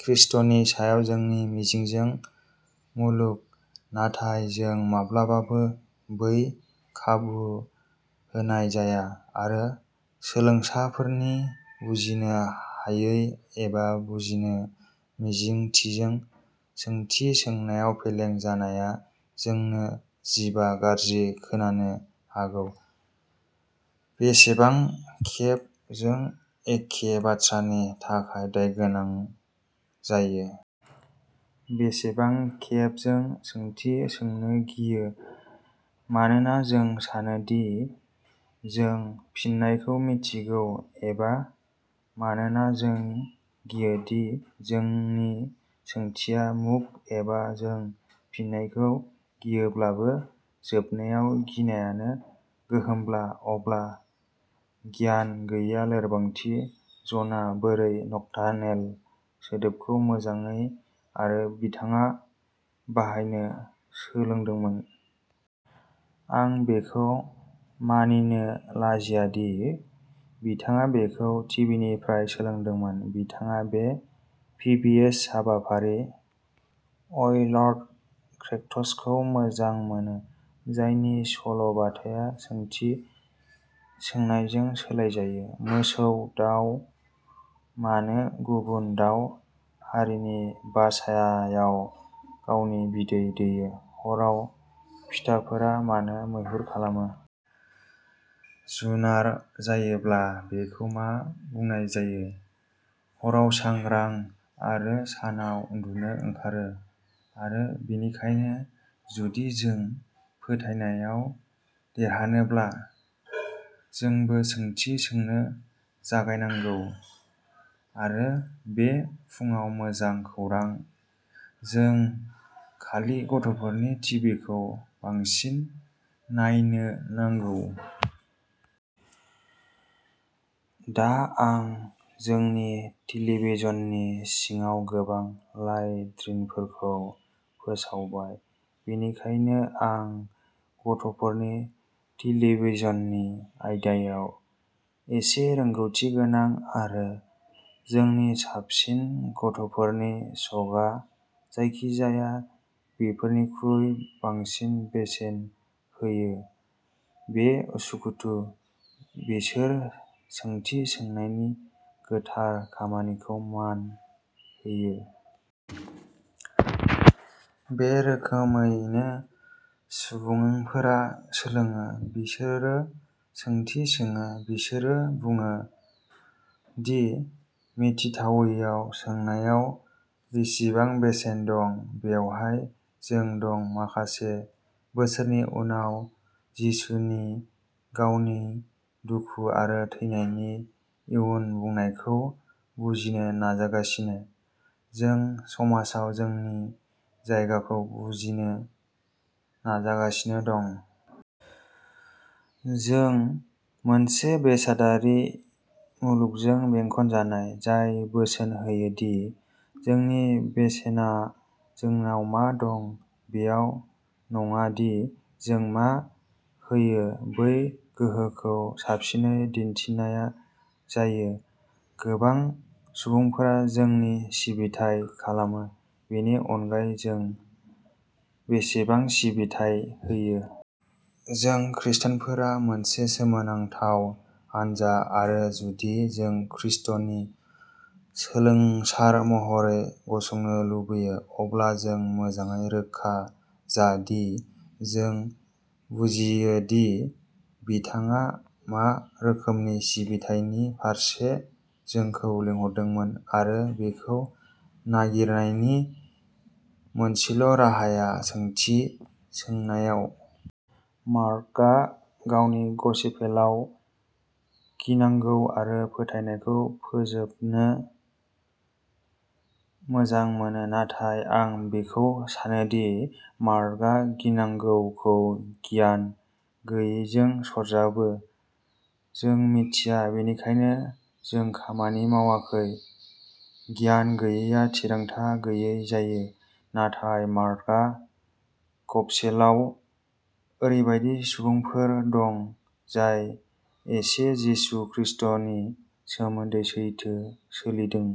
ख्रीष्टनि सायाव जोंनि मिजिंजों मुलुग। नाथाय जोंनो माब्लाबाबो बै खाबु होनाय जाया। आरो सोलोंसाफोरनि बुजिनो हायै एबा बुजिनो मिजिंजों सोंथि सोंनायाव फेलें जानाया जोंनो जिबा गाज्रि खोनानो हागौ, बेसेबां खेब जों एखे बाथ्रानि थाखाय दायगोनां जायो? बेसेबां खेब जों सोंथि सोंनो गियो मानोना जों सानो दि जों फिननायखौ मिथिनांगौ, एबा मानोना जों गियो दि जोंनि सोंथिया मूर्ख, एबा जों फिननायखौ गियोब्लाबो? जोबनायाव, गियानानो गोहोब्ला, अब्ला गियान गैयैआ लोरबांथि। जनआ माबोरै "नक्टार्नेल" सोदोबखौ मोजाङै आरो बिथिङाव बाहायनो सोलोंदोंमोन? आं बेखौ मानिनो लाजाया दि बिथाङा बेखौ टिभिनिफ्राय सोलोंदोंमोन। बिथाङा बे पिबिएस हाबाफारि वाइल्ड क्रेट्सखौ मोजां मोनो, जायनि सल'बाथाया सोंथि सोंनायजों सालायजायो। मोसौ दाउ मानो गुबुन दाउ हारिनि बासाआव गावनि बिदै होयो? हराव फिटाफोरा मानो मैहुर खालामो? जुनार जायोब्ला बेखौ मा बुंनाय जायो? हराव सांग्रां आरो सानाव उन्दुनो ओंखारो? आरो बेनिखायनो, जुदि जों फोथायनायाव देरहानोब्ला, जोंबो सोंथि सोंनो जागायनांगौ। आरो बे फुंआव मोजां खौरांः जों खालि गथ'फोरनि टिभिखौ बांसिन नायनो नांगौ। दा, आं जोंनि टेलिभिजननि सिगाङाव गोबां लान्ड्रिफोरखौ फोलावबाय, बेनिखायनो आं गथ'फोरनि टेलिभिजननि आयदायाव एसे रोंग'थिगोनां, आरो जोंनि साबसिन गथ'फोरनि श'आ जायखि-जाया बेफोरनिख्रुइ बांसिन बेसेन होयो बेयो उसुखुथु। बिसोर सोंथि सोंनायनि गोथार खामानिखौ मान होयो। बे रोखोमैनो सुबुंफोरा सोलोङोः बिसोर सोंथि सोङो। बिसोरो बुङो दि मिन्थियैयाव सोंनायाव बांसिन बेसेन दं। बेवहाय जों दं, माखासे बोसोरनि उनाव। जिसुनि गावनि दुखु आरो थैनायनि इयुन बुंनायखौ बुजिनो नाजागासिनो। जों समाजाव जोंनि जायगाखौ बुजिनो नाजागासिनो दं। जों मोनसे बेसादारि मुलुगजों बेंखनजानाय। जाय बोसोन होयो दि जोंनि बेसेना जोंनाव मा दं, बेयाव नङा दि जों मा होयो। बै गोहोखौ साबसिनै दिन्थिनाय जायो गोबां सुबुंफोरा जोंनि सिबिथाइ खालामो, बेनि अनगायै जों बेसेबां सिबिथाइ होयो। जों खृष्टानफोरा मोनसे सोमोनांथाव हान्जा, आरो जुदि जों खृष्टनि सोलोंसा महरै गसंनो लुबैयो, अब्ला जों मोजाङै रोखा जा दि जों बुजियोदि बिथाङा मा रोखोमनि सिबिथायनि फारसे जोंखौ लिंहरदोंमोन। आरो बेखौ नागिरनायनि मोनसेल'राहाया सोंथि सोंनायाव। मार्कआ गावनि गसपेलाव गिनांगौ आरो फोथायनायखौ फोजोबनो मोजां मोनो। नाथाय आं बेखौ सानो दि मार्कआ गिनांगौखौ गियान गैयैजों सरजाबो। जों मिथिया, बेनिखायनो जों खामानि मावाखै। गियान गैयैआ थिरांथा गैयै जायो। नाथाय, मार्कआ गसपेलाव ओरैबायदि सुबुंफोर दं जाय बे जिसु खृष्टनि सोमोन्दै सैथोखौ सोलोंदों।